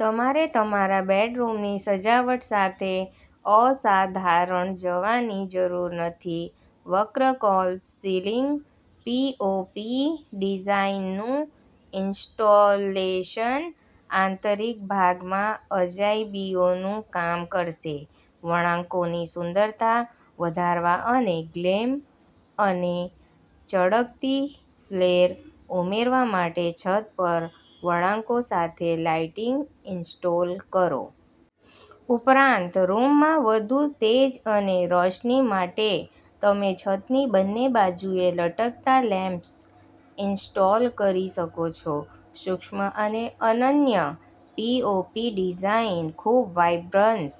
તમારે તમારા બેડરૂમની સજાવટ સાથે અસાધારણ જવાની જરૂર નથી. વક્ર ફોલ્સ સિલિંગ પીઓપી ડિઝાઇનનું ઇન્સ્ટોલેશન આંતરિક ભાગમાં અજાયબીઓનું કામ કરશે. વળાંકોની સુંદરતા વધારવા અને ગ્લેમ અને ચળકતી ફ્લેર ઉમેરવા માટે છત પર વળાંકો સાથે લાઇટિંગ ઇન્સ્ટોલ કરો. ઉપરાંત, રૂમમાં વધુ તેજ અને રોશની માટે તમે છતની બંને બાજુએ લટકતા લેમ્પ્સ ઇન્સ્ટોલ કરી શકો છો. સૂક્ષ્મ અને અનન્ય પીઓપી ડિઝાઇન ખૂબ વાઇબ્રન્સ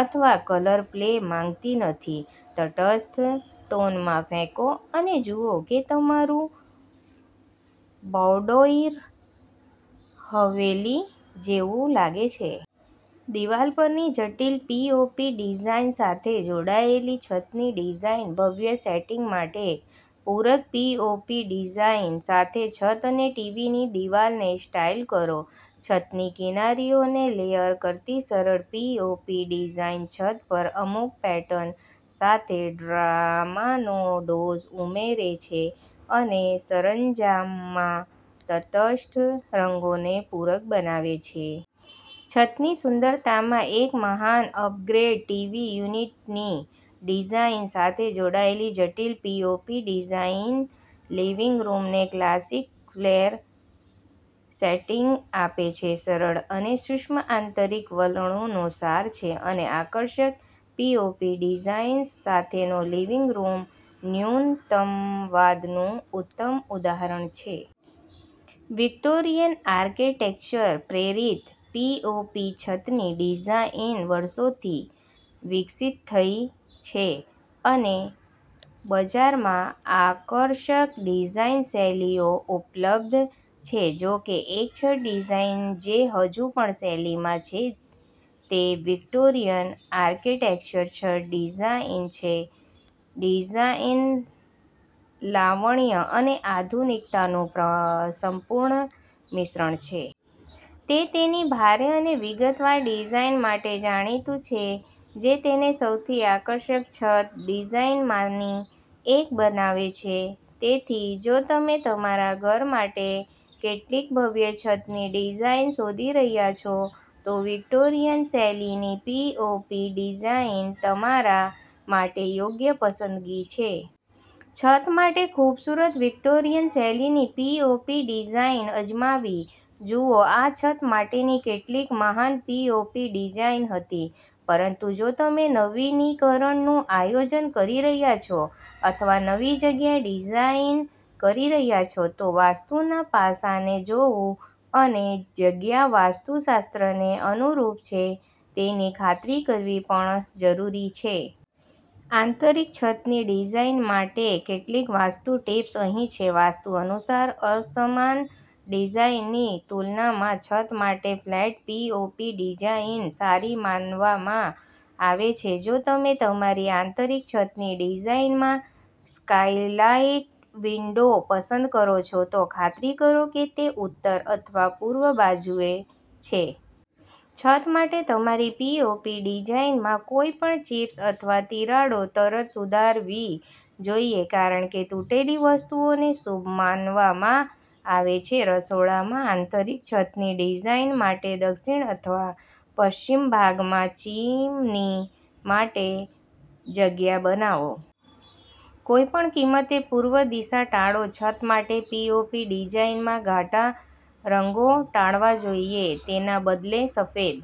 અથવા કલર પ્લે માંગતી નથી. તટસ્થ ટોનમાં ફેંકો અને જુઓ કે તમારું બૌડોઇર હવેલી જેવું લાગે છે. દિવાલ પરની જટિલ પીઓપી ડિઝાઇન સાથે જોડાયેલી છતની ડિઝાઇન ભવ્ય સેટિંગ માટે પૂરક પીઓપી ડિઝાઇન સાથે છત અને ટીવીની દિવાલને સ્ટાઇલ કરો. છતની કિનારીઓને લેયર કરતી સરળ પીઓપી ડિઝાઇન છત પર અમુક પેટર્ન સાથે ડ્રામાનો ડોઝ ઉમેરે છે અને સરંજામમાં તટસ્થ રંગોને પૂરક બનાવે છે. છતની સુંદરતામાં એક મહાન અપગ્રેડ, ટીવી યુનિટની ડિઝાઇન સાથે જોડાયેલી જટિલ પીઓપી ડિઝાઇન લિવિંગ રૂમને ક્લાસિક ફ્લેર સેટિંગ આપે છે. સરળ અને સૂક્ષ્મ આંતરિક વલણોનો સાર છે, અને આકર્ષક પીઓપી ડિઝાઇન્સ સાથેનો લિવિંગ રૂમ ન્યૂનતમવાદનું ઉત્તમ ઉદાહરણ છે. વિક્ટોરિયન આર્કિટેક્ચર-પ્રેરિત પીઓપી છતની ડિઝાઇન વર્ષોથી વિકસિત થઈ છે અને બજારમાં આકર્ષક ડિઝાઇન શૈલીઓ ઉપલબ્ધ છે. જો કે, એક છત ડિઝાઇન જે હજુ પણ શૈલીમાં છે તે વિક્ટોરિયન આર્કિટેક્ચર છત ડિઝાઇન છે. ડિઝાઇન લાવણ્ય અને આધુનિકતાનું સંપૂર્ણ મિશ્રણ છે. તે તેની ભારે અને વિગતવાર ડિઝાઇન માટે જાણીતું છે, જે તેને સૌથી આકર્ષક છત ડિઝાઇનમાંની એક બનાવે છે. તેથી જો તમે તમારા ઘર માટે કેટલીક ભવ્ય છતની ડિઝાઇન શોધી રહ્યા છો, તો વિક્ટોરિયન શૈલીની પીઓપી ડિઝાઇન તમારા માટે યોગ્ય પસંદગી છે. છત માટે ખૂબસૂરત વિક્ટોરિયન શૈલીની પીઓપી ડિઝાઇન અજમાવી જુઓ. આ છત માટેની કેટલીક મહાન પીઓપી ડિઝાઇન હતી. પરંતુ જો તમે નવીનીકરણનું આયોજન કરી રહ્યા છો અથવા નવી જગ્યા ડિઝાઇન કરી રહ્યા છો, તો વાસ્તુના પાસાને જોવું અને જગ્યા વાસ્તુશાસ્ત્રને અનુરૂપ છે તેની ખાતરી કરવી પણ જરૂરી છે. આંતરિક છતની ડિઝાઇન માટે કેટલીક વાસ્તુ ટીપ્સ અહીં છે. વાસ્તુ અનુસાર અસમાન ડિઝાઇનની તુલનામાં છત માટે ફ્લેટ પીઓપી ડિઝાઇન સારી માનવામાં આવે છે. જો તમે તમારી આંતરિક છતની ડિઝાઇનમાં સ્કાઇલાઇટ વિન્ડો પસંદ કરો છો, તો ખાતરી કરો કે તે ઉત્તર અથવા પૂર્વ બાજુએ છે. છત માટે તમારી પીઓપી ડિઝાઇનમાં કોઈપણ ચિપ્સ અથવા તિરાડો તરત સુધારવી જોઈએ, કારણ કે તૂટેલી વસ્તુઓને શુભ માનવામાં આવે છે. રસોડામાં આંતરિક છતની ડિઝાઇન માટે, દક્ષિણ અથવા પશ્ચિમ ભાગમાં ચીમની માટે જગ્યા બનાવો. કોઈપણ કિંમતે પૂર્વ દિશા ટાળો. છત માટે પીઓપી ડિઝાઇનમાં ઘાટા રંગો ટાળવા જોઈએ, તેના બદલે, સફેદ